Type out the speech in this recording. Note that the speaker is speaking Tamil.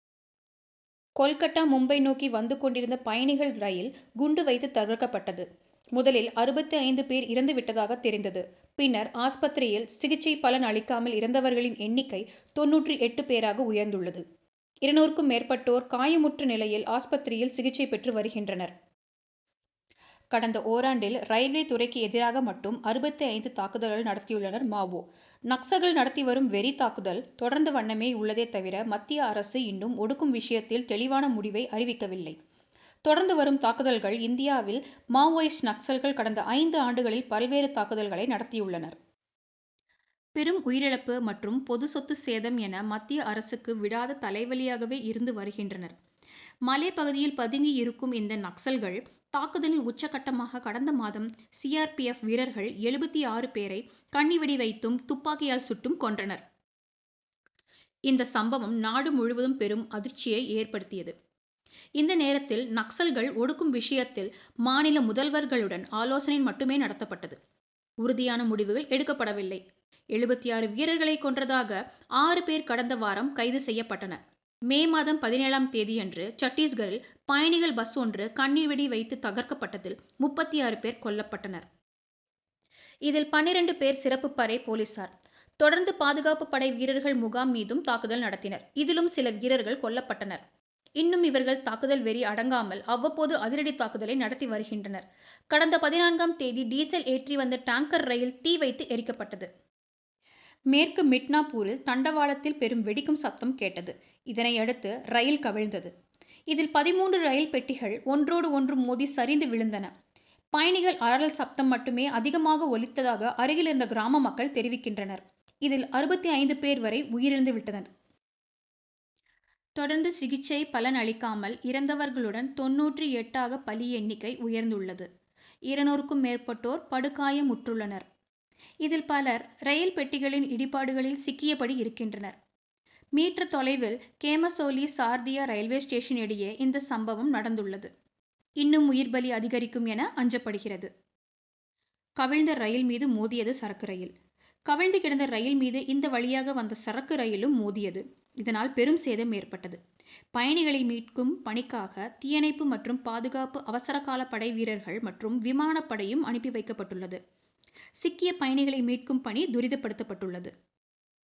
கோல்கட்டா மும்பை நோக்கி வந்து கொண்டிருந்த பயணிகள் ரயில் குண்டு வைத்து தகர்க்கப்பட்டது. முதலில் அறுபத்து ஐந்து பேர் இறந்து விட்டதாக தெரிந்தது. பின்னர் ஆஸ்பத்திரியில் சிகிச்சை பலன் அளிக்காமல் இறந்தவர்களின் எண்ணிக்கை தொண்ணூற்று எட்டு பேர் ஆக உயர்ந்துள்ளது. இருநூறுக்கும் மேற்பட்டோர் காயமுற்ற நிலையில் ஆஸ்பத்திரியில் சிகிச்சை பெற்று வருகின்றனர். கடந்த ஓராண்டில் ரயில்வே துறைக்கு எதிராக மட்டும் அறுபத்து ஐந்து தாக்குதல்கள் நடத்தியுள்ளனர். மாவோ. நக்சல்கள் நடத்தி வரும் வெறி தாக்குதல் தொடர்ந்த வண்ணமே உள்ளதே தவிர மத்திய அரசு இன்னும் ஓடுக்கும் விஷயத்தில் தெளிவான முடிவை அறிவிக்கவில்லை. தொடர்ந்து வரும் தாக்குதல்கள் இந்தியாவில் மவோயிஸ்ட் நக்சல்கள் கடந்த ஐந்து ஆண்டுகளில் பல்வேறு தாக்குதல்களை நடத்தியுள்ளனர். பெரும் உயிரிழப்பு மற்றும் பொதுச்சொத்து தேசம் என மத்திய அரசுக்கு விடாத தலைவலியாகவே இருந்து வருகின்றனர். மலைப்பகுதியில் பதுங்கி இருக்கும் இந்த நக்சல்கள் தாக்குதலின் உச்சக்கட்டமாக கடந்த மாதம் சி. ஆர். பி. எப் வீரர்கள் எழுபத்து ஆறு பேரை கண்ணி வெடி வைத்தும் துப்பாக்கியால் சுட்டும் கொன்றனர். இந்த சம்பவம் நாடு முழுவதும் பெரும் அதிர்ச்சியை ஏற்படுத்தியது. இந்தநேரத்தில் நக்சல்கள் ஒடுக்கும் விஷயத்தில் மாநில முதல்வர்களுடன் ஆலோசனை மட்டுமே நடத்தப்பட்டது. உறுதியான முடிவுகள் எடுக்கப்படவில்லை. எழுபத்து ஆறு வீரர்களை கொன்றதாக ஆறு பேர் கடந்த வாரம் கைது செய்யப்பட்டனர். மே மாதம் பதினேழாம் தேதியன்று சட்டீஸ்கரில் பயணிகள் பஸ் ஒன்று கண்ணி வெடி வைத்து தகர்க்கப்பட்டதில் முப்பத்து ஆறு பேர் கொல்லப்ட்டனர். இதில் பன்னிரண்டு பேர் சிறப்பு படை போலீசார். தொடர்ந்து பாதுகாப்பு படை வீரர்கள் முகாம் மீதும் தாக்குதல் நடத்தினர், இதிலும் சில வீரர்கள் கொல்லப்பட்டனர். இன்னும் இவர்கள் தாக்குதல் வெறி அடங்காமல் அவ்வப்போது அதிரடி தாக்குதலை நடத்தி வருகின்றனர். கடந்த பதினான்கம் தேதி டீசல் ஏற்றிவந்த டாங்கர் ரயில் தீ வைத்து எரிக்கப்பட்டது. மேற்கு மிட்னாபூரில் தண்டவாளத்தில் பெரும் வெடிக்கும் சப்தம் கேட்டது. இதனையடுத்து ரயில் கவிழ்ந்தது. இதில் பதின்மூன்று ரயில் பெட்டிகள் ஒன்றோடு ஒன்று மோதி சரிந்து விழுந்தன. பயணிகள் அலறல் சப்தம் மட்டுமே அதிகமாக ஒலித்ததாக அருகில் இருந்த கிராம மக்கள் தெரிவிக்கின்றனர். இதில் அறுபத்து ஐந்து பேர் வரை உயிரிழந்து விட்டனர். தொடர்ந்து சிகிச்சை பலன் அளிக்காமல் இறந்தவர்களுடன் தொண்ணூற்று எட்டு ஆக பலி எண்ணிக்கை உயர்ந்துள்ளது. இருநூறுக்கும் மேற்பட்டோர் படுகாயமுற்றுள்ளனர். இதில் பலர் ரயில் பெட்டிகளின் இடிபாடுகளில் சிக்கியபடி இருக்கின்றனர். மீட்டர் தொலைவில் கேமாசோலி, சார்தியா ரயில்வே ஸ்டேஷன் இடையே இந்த சம்பவம் நடந்துள்ளது. இன்னும் உயிர்ப்பலி அதிகரிக்கும் என அஞ்சப்படுகிறது. கவிழ்ந்த ரயில் மீது மோதியது சரக்கு ரயில் கவிழ்ந்து கிடந்த ரயில்மீது இந்த வழியாக வந்த சரக்கு ரயிலும் மோதியது. இதனால் பெரும் சேதம் ஏற்பட்டது. பயணிகளை மீட்கும் பணிக்காக தீயணைப்பு மற்றும் பாதுகாப்பு அவசரகால படை வீரர்கள் மற்றும் விமான படையும் அனுப்பி வைக்கப்பட்டுள்ளது. சிக்கிய பயணிகளை மீட்கும் பணி துரிதப்படுத்தப்பட்டுள்ளது.